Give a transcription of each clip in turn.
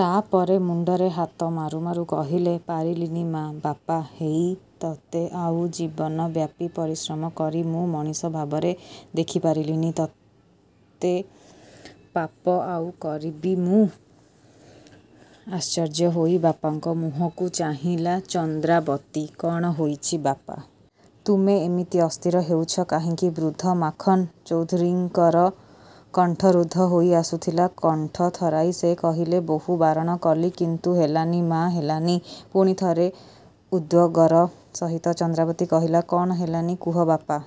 ତା'ପରେ ମୁଣ୍ଡରେ ହାତ ମାରୁ ମାରୁ କହିଲେ—''ପାରିଲିନି ମା! ବାପା ହେଇ ତତେ ଆଉ ଜୀବନବ୍ୟାପୀ ପରିଶ୍ରମ କରି ମୁଁ ମଣିଷ ଭାବରେ ଦେଖି ପାରିଲି ନି। ତେତେ ପାପ ଆଉ କରିବି ମୁଁ? '' ଆଶ୍ଚର୍ଯ୍ୟ ହୋଇ ବାପାଙ୍କ ମୁହଁକୁ ଚାହିଁଲା ଚନ୍ଦ୍ରାବତୀ—''କ'ଣ ହୋଇଛି ବାପା! ତୁମେ ଏମିତି ଅସ୍ଥିର ହେଉଛ କାହିଁକି? '' ବୃଦ୍ଧ ମାଖନ୍ ଚୌଧୁରୀଙ୍କର କଣ୍ଠ ରୁଦ୍ଧ ହୋଇ ଆସୁଥିଲା। କଣ୍ଠ ଥରାଇ ସେ କହିଲେ—''ବହୁ ବାରଣ କଲି କିନ୍ତୁ ହେଲାନି ମା... ହେଲାନି। ''.. ପୁଣି ଥରେ ଉଦ୍ବେଗର ସହିତ ଚନ୍ଦ୍ରାବତୀ କହିଲା.. ''କ'ଣ ହେଲାନି କୁହ ବାପା!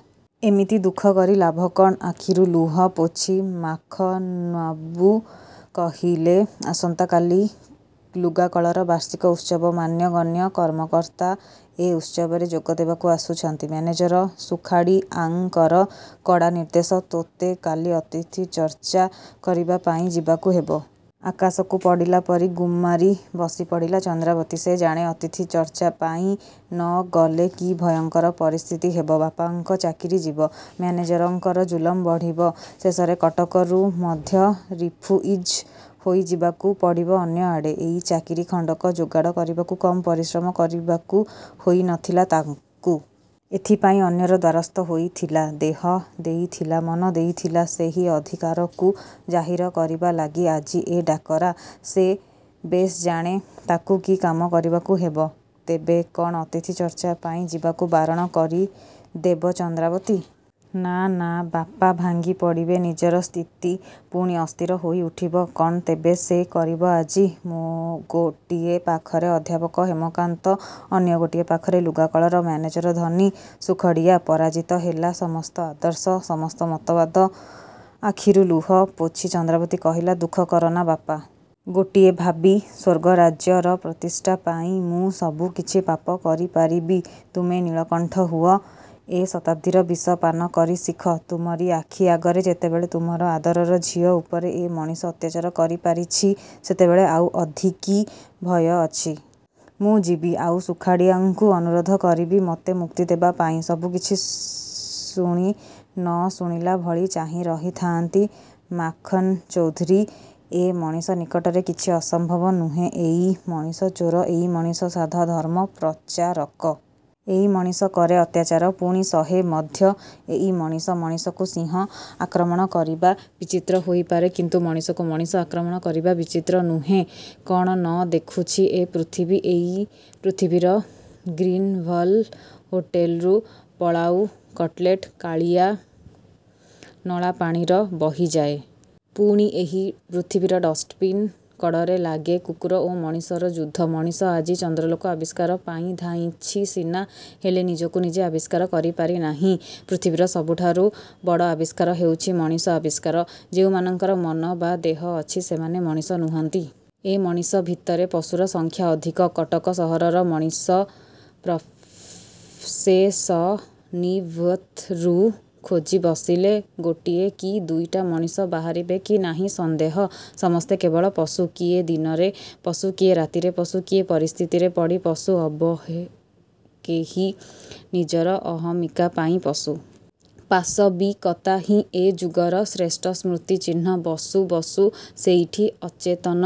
ଏମିତି ଦୁଃଖ କରି ଲାଭ କ'ଣ? '' ଆଖିରୁ ଲୁହ ପୋଛି ମାଖନ୍ବାବୁ କହିଲେ... ଆସନ୍ତା କାଲି ଲୁଗାକଳର ବାର୍ଷିକ ଉତ୍ସବ। ମାନ୍ୟଗଣ୍ୟ କର୍ମକର୍ତ୍ତା ଏ ଉତ୍ସବରେ ଯୋଗ ଦେବାକୁ ଆସୁଛନ୍ତି। ମ୍ୟାନେଜର ସୁଖାଡ଼ିଆଙ୍କର କଡ଼ା ନିର୍ଦ୍ଦେଶ, ତୋତେ କାଲି ଅତିଥି ଚର୍ଚ୍ଚ କରିବାପାଇଁ ଯିବାକୁ ହେବ। '' ଆକାଶକୁ ପଡ଼ିଲା ପରି ଗୁମ୍ମାରି ବସିପଡ଼ିଲା ଚନ୍ଦ୍ରାବତୀ। ସେ ଜାଣେ.. ଅତିଥି ଚର୍ଚ୍ଚା ପାଇଁ ନ ଗଲେ କି ଭୟଙ୍କର ପରିସ୍ଥିତି ହେବ। ବାପାଙ୍କ ଚାକିରି ଯିବ। ମ୍ୟାନେଜରଙ୍କର ଜୁଲମ୍ ବଢ଼ିବ। ଶେଷରେ କଟକରୁ ମଧ୍ୟ ରିଫୁଇଜି ହୋଇ ଯିବାକୁ ପଡ଼ିବ ଅନ୍ୟଆଡ଼େ! ଏଇ ଚାକିରୀ ଖଣ୍ଡକ ଯୋଗାଡ଼ କରିବାକୁ କମ୍ ପରିଶ୍ରମ କରିବାକୁ ହୋଇ ନ ଥିଲା ତାକୁ। ଏଥିପାଇଁ ଅନ୍ୟର ଦ୍ୱାରସ୍ଥ ହୋଇଥିଲା। ଦେହ ଦେଇଥିଲା। ମନ ଦେଇଥିଲା। ସେହି ଅଧିକାରକୁ ଜାହିର କରିବା ଲାଗି ଆଜି ଏ ଡାକରା। ସେ ବେଶ୍ଜାଣେ.. ତାକୁ କି କାମ କରିବାକୁ ହେବ। ତେବେ କ'ଣ ଅତିଥି ଚର୍ଚ୍ଚା ପାଇଁ ଯିବାକୁ ବାରଣ କରି ଦେବ ଚନ୍ଦ୍ରାବତୀ...? ନାଁ... ନାଁ... ବାପା ଭାଙ୍ଗି ପଡ଼ିବେ। ନିଜର ସ୍ଥିତି ପୁଣି ଅସ୍ଥିର ହୋଇ ଉଠିବ। କ'ଣ ତେବେ ସେ କରିବ ଆଜି। ଗୋଟିଏ ପାଖରେ ଅଧ୍ୟାପକ ହେମକାନ୍ତ—ଅନ୍ୟ ଗୋଟିଏ ପାଖରେ ଲୁଗାକଳର ମ୍ୟାନେଜର ଧନୀ ସୁଖଡ଼ିଆ...। ପରାଜିତ ହେଲା ସମସ୍ତ ଆଦର୍ଶ.. ସମସ୍ତ ମତବାଦ। ଆଖିରୁ ଲୁହ ପୋଛି ଚନ୍ଦ୍ରାବତୀ କହିଲା—''ଦୁଃଖ କରନା ବାପା! ଗୋଟିଏ ଭାବୀ ସ୍ୱର୍ଗରାଜ୍ୟର ପ୍ରତିଷ୍ଠାପାଇଁ ମୁଁ ସବୁ କିଛି ପାପ କରିପାରିବି। ତୁମେ ନୀଳକଣ୍ଠ ହୁଅ, ଏ ଶତାବ୍ଦୀର ବିଷ ପାନ କରି ଶିଖ। ତୁମରି ଆଖି ଆଗରେ ଯେତେବେଳେ ତୁମର ଆଦରର ଝିଅ ଉପରେ ଏ ମଣିଷ ଅତ୍ୟାଚାର କରିପାରିଛି—ସେତେବେଳେ ଆଉ ଅଧିକି ଭୟ ଅଛି? ମୁଁ ଯିବି... ଆଉ ସୁଖାଡ଼ିଆଙ୍କୁ ଅନୁରୋଧ କରିବି ମୋତେ ମୁକ୍ତି ଦେବାପାଇଁ। '' ସବୁ ଶୁଣି କିଛି ନ ଶୁଣିଲା ଭଳି ଚାହିଁ ରହିଥାଆନ୍ତି ମାଖନ୍ଚୌଧୁରୀ। ଏ ମଣିଷ ନିକଟରେ କିଛି ଅସମ୍ଭବ ନୁହେଁ। ଏଇ ମଣିଷ ଚୋର, ଏଇ ମଣିଷ ସାଧ, ଧର୍ମ ପ୍ରଚାରକ। ଏଇ ମଣିଷ କରେ ଅତ୍ୟାଚାର—ପୁଣି ସହେ ମଧ୍ୟ ଏଇ ମଣିଷ। ମଣିଷକୁ ସିଂହ ଆକ୍ରମଣ କରିବା ବିଚିତ୍ର ହୋଇପାରେ—କିନ୍ତୁ ମଣିଷକୁ ମଣିଷ ଆକ୍ରମଣ କରିବା ବିଚିତ୍ର ନୁହେଁ। କ'ଣ ନ ଦେଖୁଛି ଏ ପୃଥିବୀ? ଏଇ ପୃଥିବୀର ଗ୍ରୀନଭଲ୍ ହୋଟେଲରୁ ପଳାଉ... କଟଲେଟ୍... କାଲିଆ... ନଳାପାଣିର ବହିଯାଏ। ପୁଣି ଏହି ପୃଥିବୀର ଡଷ୍ଟବିନ୍ କଡ଼ରେ ଲାଗେ କୁକୁର ଓ ମଣିଷର ଯୁଦ୍ଧ। ମଣିଷ ଆଜି ଚନ୍ଦ୍ରଲୋକ ଆବିଷ୍କାର ପାଇଁ ଧାଇଁଛି ସିନା... ହେଲେ ନିଜକୁ ନିଜେ ଆବିଷ୍କାର କରି ପାରିନାହିଁ। ପୃଥିବୀର ସବୁଠାରୁ ବଡ଼ ଆବିଷ୍କାର ହେଉଛି ମଣିଷ ଆବିଷ୍କାର-। ଯେଉଁମାନଙ୍କର ମନ ବା ଦେହ ଅଛି ସେମାନେ ମଣିଷ ନୁହଁନ୍ତି। ଏ ମଣିଷ ଭିତରେ ପଶୁର ସଂଖ୍ୟା ଅଧିକ। କଟକ ସହରର ମଣିଷ ପ୍ରସେସନ୍ଭିତରୁ ଖୋଜି ବସିଲେ ଗୋଟିଏ କି ଦୁଇଟା ମଣିଷ ବାହାରିବେ କି ନାହିଁ ସନ୍ଦେହ। ସମସ୍ତେ କେବଳ ପଶୁ। କିଏ ଦିନରେ ପଶୁ, କିଏ ରାତିରେ ପଶୁ, କିଏ ପରିସ୍ଥିତିରେ ପଡ଼ି ପଶୁ, ଅବ ହେ କେହି ନିଜର ଅହମିକା ପାଇଁ ପଶୁ। ପାଶବିକତା ହିଁ ଏ ଯୁଗର ଶ୍ରେଷ୍ଠସ୍ମୃତି ଚିହ୍ନ। ବସୁ ବସୁ ସେଇଠି ଅଚେତନ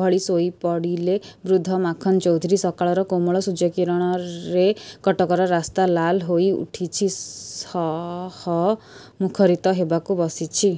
ଭଳି ଶୋଇପଡ଼ିଲେ ବୃଦ୍ଧ ମାଖନ୍ଚୌଧୁରୀ। ସକାଳର କୋମଳ ସୂର୍ଯ୍ୟକିରଣରେ କଟକର ରାସ୍ତା ଲାଲ ହୋଇ ଉଠିଛି। ସହ ମୁଖରିତ ହେବାକୁ ବସିଛି।